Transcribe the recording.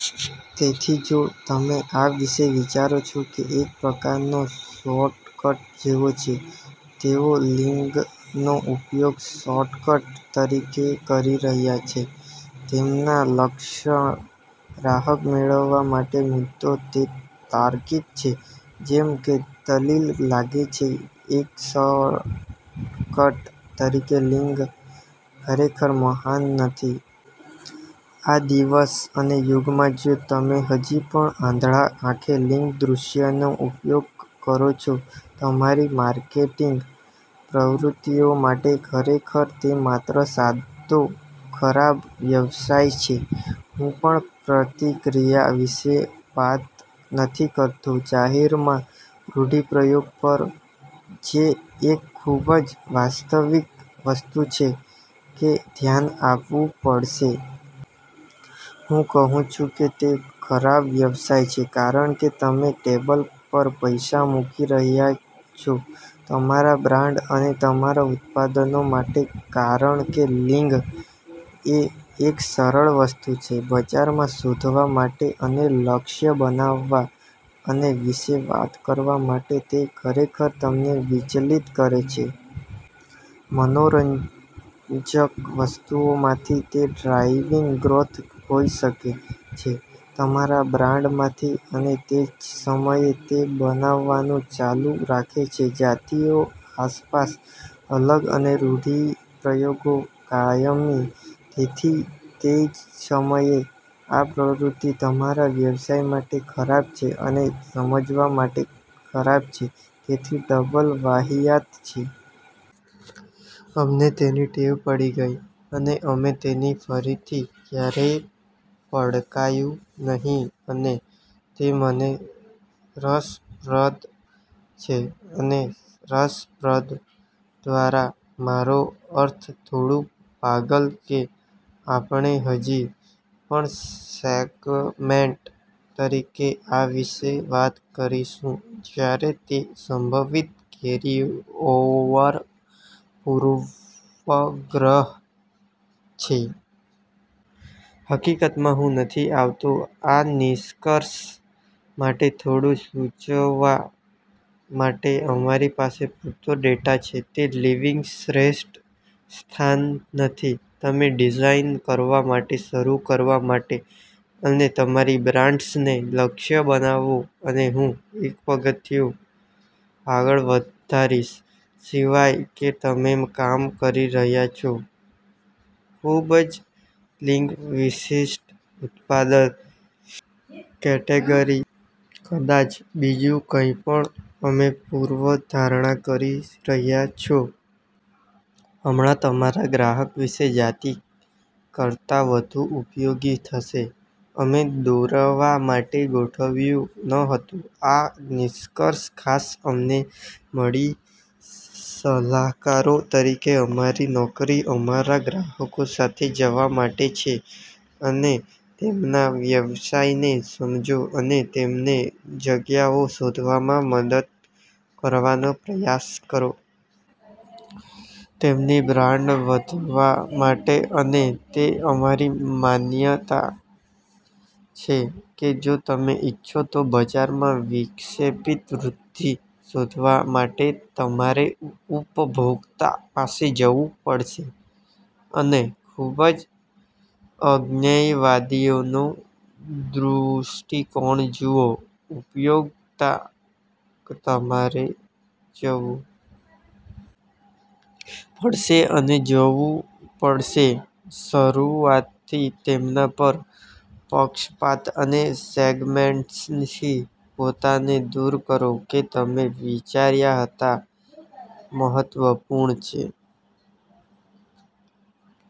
તેથી જો તમે આ વિશે વિચારો છો તે એક પ્રકારનો શોર્ટકટ જેવો છે. તેઓ લિંગનો ઉપયોગ શોર્ટકટ તરીકે કરી રહ્યાં છે, તેમના લક્ષ્ય ગ્રાહક મેળવવા માટે. મુદ્દો તે તાર્કિક છે જેમ કે દલીલ લાગે છે, એક શોર્ટકટ તરીકે લિંગ ખરેખર મહાન નથી. આ દિવસ અને યુગમાં, જો તમે હજી પણ આંધળા આંખે લિંગ દૃશ્યનો ઉપયોગ કરો છો તમારી માર્કેટિંગ પ્રવૃત્તિઓ માટે, ખરેખર તે માત્ર સાદો ખરાબ વ્યવસાય છે. હું પણ પ્રતિક્રિયા વિશે વાત નથી કરતો. જાહેરમાં રૂઢિપ્રયોગ પર, જે એક ખૂબ જ વાસ્તવિક વસ્તુ છે કે ધ્યાન આપવું પડશે. હું કહું છું કે તે ખરાબ વ્યવસાય છે, કારણ કે તમે ટેબલ પર પૈસા મૂકી રહ્યા છો તમારા બ્રાન્ડ અને તમારા ઉત્પાદનો માટે, કારણ કે લિંગ એ એક સરળ વસ્તુ છે. બજારમાં શોધવા માટે અને લક્ષ્ય બનાવવા અને વિશે વાત કરવા માટે તે ખરેખર તમને વિચલિત કરે છે. મનોરંજક વસ્તુઓમાંથી તે ડ્રાઇવિંગ ગ્રોથ હોઈ શકે છે, તમારા બ્રાન્ડ માંથી અને તે જ સમયે, તે બનાવવાનું ચાલુ રાખે છે .જાતિઓ આસપાસ અલગ અને રૂઢિપ્રયોગો કાયમી, તેથી તે જ સમયે આ પ્રવૃત્તિ તમારા વ્યવસાય માટે ખરાબ છે અને સમજવા માટે ખરાબ છે, તેથી ડબલ વાહિયાત છે. અમને તેની ટેવ પડી ગઈ અને અમે તેને ફરીથી ક્યારેય પડકાર્યું નહીં અને તે મને રસપ્રદ છે અને રસપ્રદ દ્વારા મારો અર્થ થોડું પાગલ કે આપણે હજી પણ સેગમેન્ટ તરીકે આ વિશે વાત કરીશું, જ્યારે તે સંભવિત કેરીઓવર પૂર્વગ્રહ છે. હકીકતમાં હું નથી આવતો આ નિષ્કર્ષ માટે થોડું સૂચવવા માટે અમારી પાસે પૂરતો ડેટા છે, તે લિંગ શ્રેષ્ઠ સ્થાન નથી. તમે ડિઝાઇન કરવા માટે શરૂ કરવા માટે અને તમારી બ્રાન્ડ્સને લક્ષ્ય બનાવો અને હું એક પગથિયું આગળ વધારીશ, સિવાય કે તમે કામ કરી રહ્યા છો ખૂબ જ લિંગ-વિશિષ્ટ ઉત્પાદન કેટેગરી, કદાચ બીજું કંઈપણ તમે પૂર્વધારણા કરી રહ્યા છો. હમણાં તમારા ગ્રાહક વિશે જાતિ કરતાં વધુ ઉપયોગી થશે. અમે દોરવા માટે ગોઠવ્યું ન હતું. આ નિષ્કર્ષ ખાસ અમને મળી સલાહકારો તરીકે, અમારી નોકરી અમારા ગ્રાહકો સાથે જવા માટે છે અને તેમના વ્યવસાયને સમજો અને તેમને જગ્યાઓ શોધવામાં મદદ કરવાનો પ્રયાસ કરો. તેમની બ્રાન્ડ વધવા માટે અને તે અમારી માન્યતા છે કે જો તમે ઇચ્છો તો બજારમાં વિક્ષેપિત વૃદ્ધિ શોધવા માટે, તમારે ઉપભોક્તા પાસે જવું પડશે અને ખૂબ જ અજ્ઞેયવાદીઓનો દૃષ્ટિકોણ જુઓ ઉપભોક્તા. તમારે જવું પડશે અને જોવું પડશે શરૂઆતથી તેમના પર પક્ષપાત અને સેગમેન્ટ્સથી પોતાને દૂર કરો કે તમે વિચાર્યા હતા મહત્વપૂર્ણ છે,